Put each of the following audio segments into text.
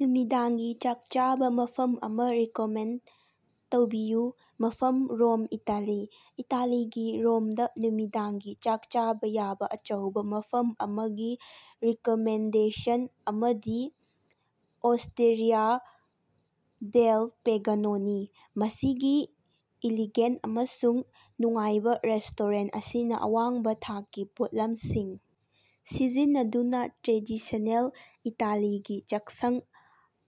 ꯅꯨꯃꯤꯗꯥꯡꯒꯤ ꯆꯥꯛ ꯆꯥꯕ ꯃꯐꯝ ꯑꯃ ꯔꯤꯀꯃꯦꯟꯗ ꯇꯧꯕꯤꯌꯨ꯫ ꯃꯐꯝ ꯔꯣꯝ ꯏꯇꯥꯂꯤ꯫ ꯏꯇꯥꯂꯤꯒꯤ ꯔꯣꯝꯗ ꯅꯨꯃꯤꯗꯥꯡꯒꯤ ꯆꯥꯛ ꯆꯥꯕ ꯌꯥꯕ ꯑꯆꯧꯕ ꯃꯐꯝ ꯑꯃꯒꯤ ꯔꯤꯀꯃꯦꯟꯗꯦꯁꯟ ꯑꯃꯗꯤ ꯑꯣꯁ꯭ꯇꯦꯔꯤꯌꯥ ꯗꯦꯜ ꯄꯦꯒꯅꯣꯅꯤ꯫ ꯃꯁꯤꯒꯤ ꯏꯂꯤꯒꯦꯟ ꯑꯃꯁꯨꯡ ꯅꯨꯡꯉꯥꯏꯕ ꯔꯦꯁꯇꯣꯔꯦꯟ ꯑꯁꯤꯅ ꯑꯋꯥꯡꯕ ꯊꯥꯛꯀꯤ ꯄꯣꯠꯂꯝꯁꯤꯡ ꯁꯤꯖꯤꯟꯅꯗꯨꯅ ꯇ꯭ꯔꯦꯗꯤꯁꯅꯦꯜ ꯏꯇꯥꯂꯤꯒꯤ ꯆꯥꯛꯁꯪ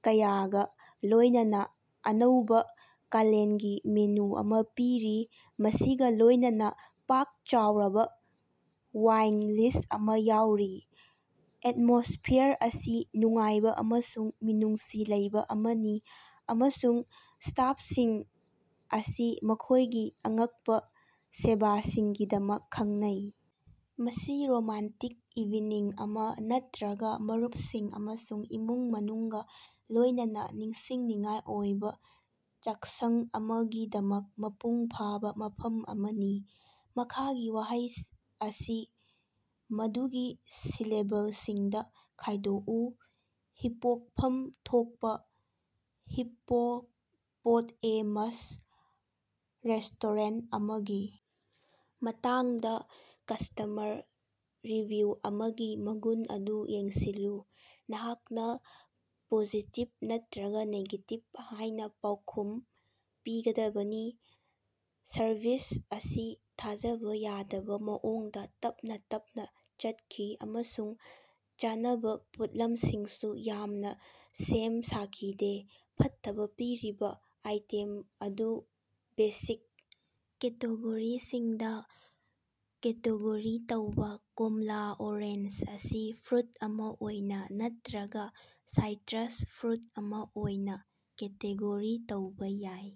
ꯀꯌꯥꯒ ꯂꯣꯏꯅꯅ ꯑꯅꯧꯕ ꯀꯥꯂꯦꯟꯒꯤ ꯃꯦꯅꯨ ꯑꯃ ꯄꯤꯔꯤ ꯃꯁꯤꯒ ꯂꯣꯏꯅꯅ ꯄꯥꯛ ꯆꯥꯎꯔꯕ ꯋꯥꯏꯟ ꯂꯤꯁ ꯑꯃ ꯌꯥꯎꯔꯤ꯫ ꯑꯦꯠꯃꯣꯁꯐꯤꯌꯥꯔ ꯑꯁꯤ ꯅꯨꯡꯉꯥꯏꯕ ꯑꯃꯁꯨꯡ ꯃꯤꯅꯨꯡꯁꯤ ꯂꯩꯕ ꯑꯃꯅꯤ ꯑꯃꯁꯨꯡ ꯁꯇꯥꯞꯁꯤꯡ ꯑꯁꯤ ꯃꯈꯣꯏꯒꯤ ꯑꯉꯛꯄ ꯁꯦꯕꯥꯒꯤꯗꯃꯛ ꯈꯪꯅꯩ꯫ ꯃꯁꯤ ꯔꯣꯃꯥꯟꯇꯤꯛ ꯏꯚꯤꯅꯤꯡ ꯑꯃ ꯅꯠꯇ꯭ꯔꯒꯥ ꯃꯔꯨꯞꯁꯤꯡ ꯑꯃꯁꯨꯡ ꯏꯃꯨꯡ ꯃꯅꯨꯡꯒ ꯂꯣꯏꯅꯅ ꯅꯤꯡꯁꯤꯡꯅꯤꯡꯉꯥꯏ ꯑꯣꯏꯕ ꯆꯥꯛꯁꯪ ꯑꯃꯒꯤꯗꯃꯛ ꯃꯄꯨꯡ ꯐꯥꯕ ꯃꯐꯝ ꯑꯃꯅꯤ꯫ ꯃꯈꯥꯒꯤ ꯋꯥꯍꯩ ꯑꯁꯤ ꯃꯗꯨꯒꯤ ꯁꯤꯂꯦꯕꯜꯁꯤꯡꯗ ꯈꯥꯏꯗꯣꯛꯎ꯫ ꯍꯤꯄꯣꯛꯐꯝ ꯊꯣꯛꯄ꯫ ꯍꯤꯞ ꯄꯣ ꯄꯣꯠ ꯑꯦ ꯃꯁ꯫ ꯔꯦꯁꯇꯣꯔꯦꯟ ꯑꯃꯒꯤ ꯃꯇꯥꯡꯗ ꯀꯁꯇꯃꯔ ꯔꯤꯚꯤꯌꯨ ꯑꯃꯒꯤ ꯃꯒꯨꯟ ꯑꯗꯨ ꯌꯦꯡꯁꯤꯜꯂꯨ꯫ ꯅꯍꯥꯛꯅ ꯄꯣꯖꯤꯇꯤꯞ ꯅꯠꯇ꯭ꯔꯒꯥ ꯅꯦꯒꯦꯇꯤꯞ ꯍꯥꯏꯅ ꯄꯥꯎꯈꯨꯝ ꯄꯤꯒꯗꯕꯅꯤ꯫ ꯁꯔꯚꯤꯁ ꯑꯁꯤ ꯊꯥꯖꯕ ꯌꯥꯗꯕ ꯃꯑꯣꯡꯗ ꯇꯞꯅ ꯇꯞꯅ ꯆꯠꯈꯤ ꯑꯃꯁꯨꯡ ꯆꯥꯅꯕ ꯄꯣꯠꯂꯝꯁꯤꯡꯁꯨ ꯌꯥꯝꯅ ꯁꯦꯝ ꯁꯥꯈꯤꯗꯦ꯫ ꯐꯠꯇꯕ ꯄꯤꯔꯤꯕ ꯑꯥꯏꯇꯦꯝ ꯑꯗꯨ ꯕꯦꯁꯤꯛ ꯀꯦꯇꯦꯒꯣꯔꯤꯁꯤꯡꯗ ꯀꯦꯇꯦꯒꯣꯔꯤ ꯇꯧꯕ꯫ ꯀꯣꯝꯂꯥ ꯑꯣꯔꯦꯟꯖ ꯑꯁꯤ ꯐ꯭ꯔꯨꯠ ꯑꯃ ꯑꯣꯏꯅ ꯅꯠꯇ꯭ꯔꯒꯥ ꯁꯥꯏꯇꯔꯁ ꯐ꯭ꯔꯨꯠ ꯑꯃ ꯑꯣꯏꯅ ꯀꯦꯇꯦꯒꯣꯔꯤ ꯇꯧꯕ ꯌꯥꯏ꯫